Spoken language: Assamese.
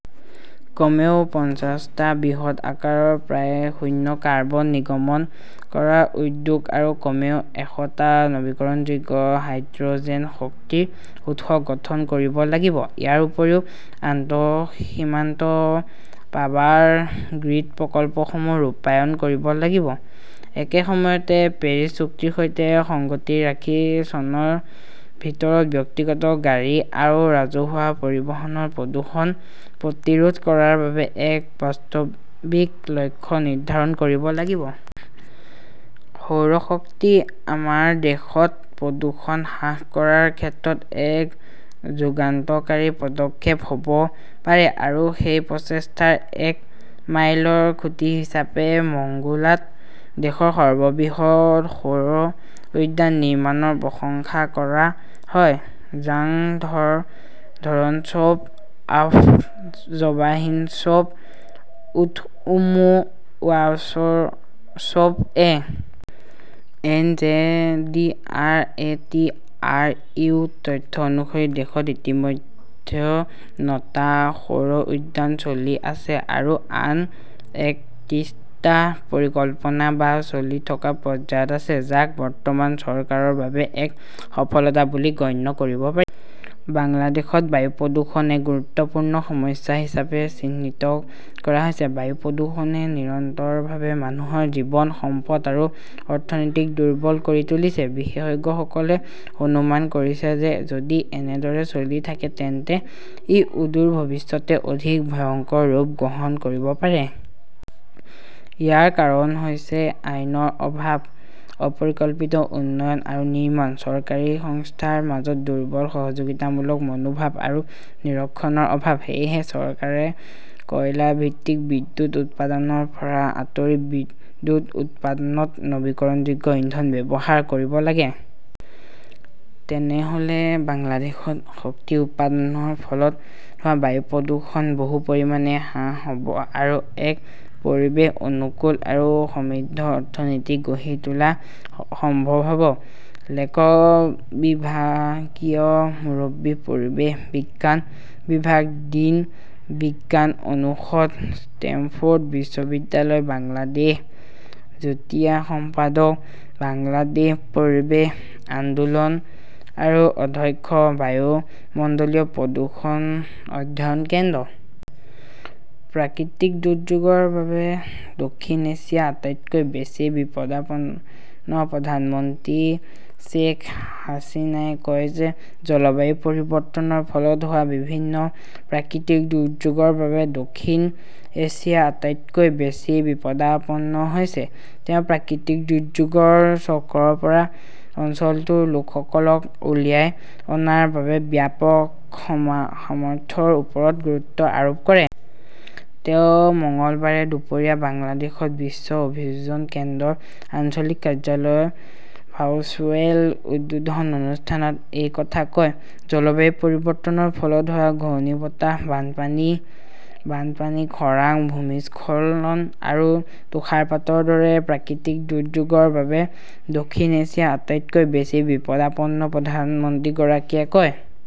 কমেও পঞ্চাছটা বৃহৎ আকাৰৰ প্ৰায় শূন্য কাৰ্বন নিৰ্গমন কৰা উদ্যোগ আৰু কমেও এশটা নৱীকৰণযোগ্য হাইড্ৰ 'জেন শক্তিৰ উৎস গঠন কৰিব লাগিব। ইয়াৰ উপৰিও আন্তঃসীমান্ত পাৱাৰ গ্ৰীড প্ৰকল্পসমূহ ৰূপায়ণ কৰিব লাগিব। একে সময়তে, পেৰিছ চুক্তিৰ সৈতে সংগতি ৰাখি চনৰ ভিতৰত ব্যক্তিগত গাড়ী আৰু ৰাজহুৱা পৰিবহণৰ প্ৰদূষণ প্ৰতিৰোধ কৰাৰ বাবে এক বাস্তৱিক লক্ষ্য নিৰ্ধাৰণ কৰিব লাগিব। সৌৰ শক্তি আমাৰ দেশত প্ৰদূষণ হ্ৰাস কৰাৰ ক্ষেত্ৰত এক যুগান্তকাৰী পদক্ষেপ হ'ব পাৰে আৰু সেই প্ৰচেষ্টাৰ এক মাইলৰ খুঁটি হিচাপে মংগোলাত দেশৰ সৰ্ববৃহৎ সৌৰ উদ্যান নিৰ্মাণৰ প্ৰশংসা কৰা হয়। ঝাংঃ ধৰ ধৰণশ্বব আহফ জৱাহিনশ্বব উৱৎমু উৱাবশ্বৰশ্ববঃ A. N. J. D. R. A. T. R. U. তথ্য অনুসৰি, দেশত ইতিমধ্যে নটা সৌৰ উদ্যান চলি আছে আৰু আন একত্ৰিছটা পৰিকল্পনা বা চলি থকা পৰ্যায়ত আছে, যাক বৰ্তমান চৰকাৰৰ বাবে এক সফলতা বুলি গণ্য কৰিব পাৰি। বাংলাদেশত বায়ু প্ৰদূষণ এক গুৰুত্বপূৰ্ণ সমস্যা হিচাপে চিহ্নিত কৰা হৈছে। বায়ু প্ৰদূষণে নিৰন্তৰভাৱে মানুহৰ জীৱন, সম্পদ আৰু অৰ্থনীতিক দুৰ্বল কৰি তুলিছে, বিশেষজ্ঞসকলে অনুমান কৰিছে যে যদি এনেদৰে চলি থাকে তেন্তে ই অদূৰ ভৱিষ্যতে অধিক ভয়ংকৰ ৰূপ গ্ৰহণ কৰিব পাৰে। ইয়াৰ কাৰণ হৈছে আইনৰ অভাৱ, অপৰিকল্পিত উন্নয়ন আৰু নিৰ্মাণ, চৰকাৰী সংস্থাৰ মাজত দুৰ্বল সহযোগিতামূলক মনোভাৱ আৰু নিৰীক্ষণৰ অভাৱ। সেয়েহে চৰকাৰে কয়লা ভিত্তিক বিদ্যুৎ উৎপাদনৰ পৰা আঁতৰি বিদ্যুৎ উৎপাদনত নৱীকৰণযোগ্য ইন্ধন ব্যৱহাৰ কৰিব লাগে। তেনেহ 'লে বাংলাদেশত শক্তি উৎপাদনৰ ফলত হোৱা বায়ু প্ৰদূষণ বহু পৰিমাণে হ্ৰাস হ'ব আৰু এক পৰিৱেশ অনুকূল আৰু সমৃদ্ধ অৰ্থনীতি গঢ়ি তোলা সম্ভৱ হ'ব। লেখক, বিভাগীয় মুৰব্বী, পৰিৱেশ বিজ্ঞান বিভাগ, ডিন, বিজ্ঞান অনুষদ, ষ্টেমফৰ্ড বিশ্ববিদ্যালয় বাংলাদেশ, যুটীয়া সম্পাদক, বাংলাদেশ পৰিৱেশ আন্দোলন আৰু অধ্যক্ষ, বায়ুমণ্ডলীয় প্ৰদূষণ অধ্যয়ন কেন্দ্ৰ। প্ৰাকৃতিক দুৰ্যোগৰ বাবে দক্ষিণ এছিয়া আটাইতকৈ বেছি বিপদাপন্নপ্ৰধানমন্ত্ৰী শ্বেইখ হাছিনাই কয় যে জলবায়ু পৰিৱৰ্তনৰ ফলত হোৱা বিভিন্ন প্ৰাকৃতিক দুৰ্যোগৰ বাবে দক্ষিণ এছিয়া আটাইতকৈ বেছি বিপদাপন্ন হৈছে। তেওঁ প্ৰাকৃতিক দুৰ্যোগৰ চক্ৰৰ পৰা অঞ্চলটোৰ লোকসকলক উলিয়াই অনাৰ বাবে ব্যাপক সামৰ্থ্যৰ ওপৰত গুৰুত্ব আৰোপ কৰে। তেওঁ মঙলবাৰে দুপৰীয়া বাংলাদেশত বিশ্ব অভিযোজন কেন্দ্ৰৰ আঞ্চলিক কাৰ্যালয়ৰ ভাৰ্চুৱেল উদ্বোধন অনুষ্ঠানত এই কথা কয়। "জলবায়ু পৰিৱৰ্তনৰ ফলত হোৱা ঘূৰ্ণীবতাহ, বানপানী, বানপানী, খৰাং, ভূমিস্খলন আৰু তুষাৰপাতৰ দৰে প্ৰাকৃতিক দুৰ্যোগৰ বাবে দক্ষিণ এছিয়া আটাইতকৈ বেছি বিপদাপন্ন", প্ৰধানমন্ত্ৰীগৰাকীয়ে কয়।